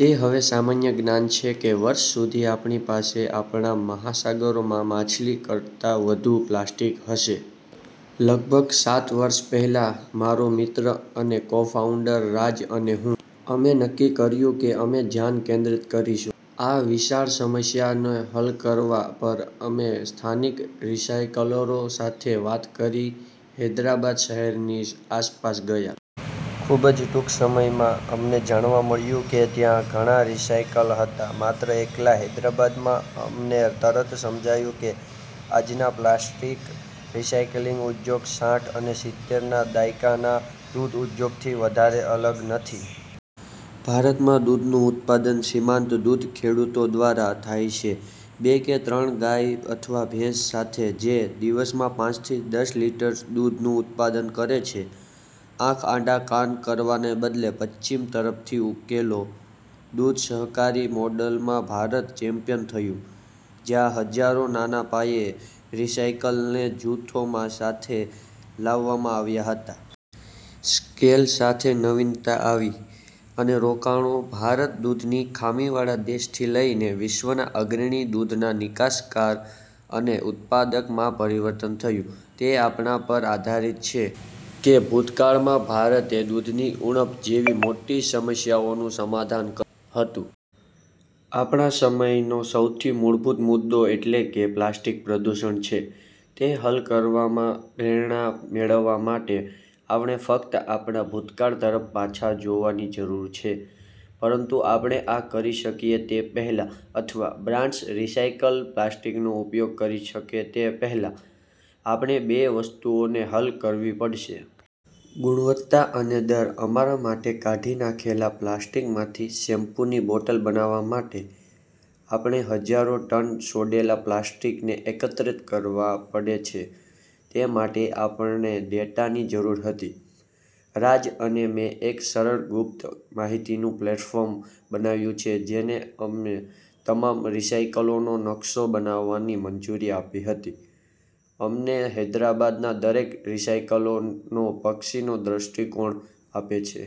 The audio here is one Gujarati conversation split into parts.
તે હવે સામાન્ય જ્ઞાન છે કે વર્ષ સુધી આપણી પાસે આપણા મહાસાગરોમાં માછલી કરતા વધુ પ્લાસ્ટિક હશે. લગભગ સાત વર્ષ પહેલાં, મારો મિત્ર અને કોફાઉન્ડર રાજ અને હું, અમે નક્કી કર્યું કે અમે ધ્યાન કેન્દ્રિત કરીશું, આ વિશાળ સમસ્યા હલ કરવા પર અમે સ્થાનિક રિસાયકલરો સાથે વાત કરીને હૈદરાબાદ શહેરની આસપાસ ગયા. ખૂબ જ ટૂંક સમયમાં, અમને જાણવા મળ્યું કે ત્યાં ઘણા રિસાયકલ હતા માત્ર એકલા હૈદરાબાદમાં. અમને તરત સમજાયું કે આજના પ્લાસ્ટિક રિસાયક્લિંગ ઉદ્યોગ સાઠ અને સિતેર ના દાયકાના દૂધ ઉદ્યોગ થી વધારે અલગ નથી. ભારત માં દૂધનું ઉત્પાદન સીમાંત દૂધ ખેડુતો દ્વારા થાય છે, બે કે ત્રણ ગાય અથવા ભેંસ સાથે, જે દિવસમાં પાંચથી દસ લિટર દૂધ નું ઉત્પાદન કરે છે. આંખ આડા કાન કરવાને બદલે પશ્ચિમ તરફથી ઉકેલો, દૂધ સહકારી મોડેલમાં ભારત ચેમ્પિયન થયું, જ્યાં હજારો નાના પાયે રિસાયકલને જૂથોમાં સાથે લાવવામાં આવ્યા હતા. સ્કેલ સાથે નવીનતા આવી અને રોકાણો, ભારત દૂધની ખામીવાળા દેશથી લઈને વિશ્વના અગ્રણી દૂધના નિકાસકાર અને ઉત્પાદક માં પરિવર્તન થયું. તે આપણા પર આધારીત છે કે ભૂતકાળમાં ભારતે દૂધની ઉણપ જેવી મોટી સમસ્યાઓનું સમાધાન કર્યું હતું. આપણા સમયનો સૌથી મૂળભૂત મુદ્દો એટલે કે પ્લાસ્ટિક પ્રદૂષણ છે, તે હલ કરવામાં પ્રેરણા મેળવવા માટે આપણે ફક્ત આપણા ભૂતકાળ તરફ પાછા જોવાની જરૂર છે, પરંતુ આપણે આ કરી શકીએ તે પહેલાં અથવા બ્રાન્ડસ્ રિસાયકલ પ્લાસ્ટિકનો ઉપયોગ કરી શકે તે પહેલાં, આપણે બે વસ્તુઓને હલ કરવી પડશે. ગુણવત્તા અને દર અમારા માટે કાઢી નાખેલા પ્લાસ્ટિકમાંથી શેમ્પૂ ની બોટલ બનાવવા માટે, આપણે હજારો ટન છોડેલા પ્લાસ્ટિક એકત્રિત કરવા પડે છે. તે માટે, આપણને ડેટાની જરૂર હતી. રાજ અને મેં એક સરળ ગુપ્ત માહિતીનું પ્લેટફોર્મ બનાવ્યું છે જેને અમને તમામ રિસાયકલનો નકશો બનાવવાની મંજૂરી આપી હતી, અમને હૈદરાબાદના દરેક રિસાયકલનો પક્ષીનો દૃષ્ટિકોણ આપે છે.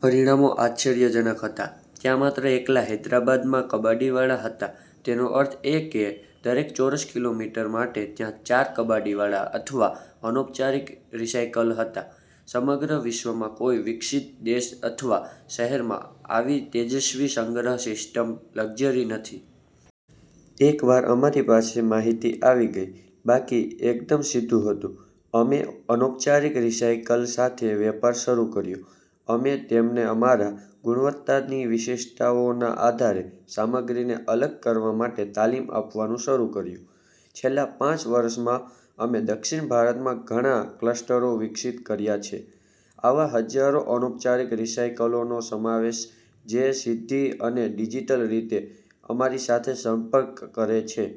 પરિણામો આશ્ચર્યજનક હતા. ત્યાં માત્ર એકલા હૈદરાબાદમાં કબાડીવાળા હતા. તેનો અર્થ એ કે દરેક ચોરસ કિલોમીટર માટે, ત્યાં ચાર કબાડીવાળા અથવા અનૌપચારિક રિસાયકલ હતા. સમગ્ર વિશ્વમાં કોઈ વિકસિત દેશ અથવા શહેરમાં આવી તેજસ્વી સંગ્રહ સિસ્ટમની લક્ઝરી નથી. એકવાર અમારી પાસે માહિતી આવી ગઇ, બાકી એકદમ સીધું હતું. અમે અનૌપચારિક રિસાયકલ સાથે વેપાર શરૂ કર્યો, અમે તેમને અમારા ગુણવત્તાની વિશિષ્ટતાઓના આધારે સામગ્રીને અલગ કરવા માટે તાલીમ આપવાનું શરૂ કર્યું. છેલ્લાં પાંચ વર્ષોમાં, અમે દક્ષિણ ભારતમાં ઘણા ક્લસ્ટરો વિકસિત કર્યા છે, આવા હજારો અનૌપચારિક રિસાયકલનો સમાવેશ, જે સીધી અને ડિજિટલ રીતે અમારી સાથે સંપર્ક કરે છે.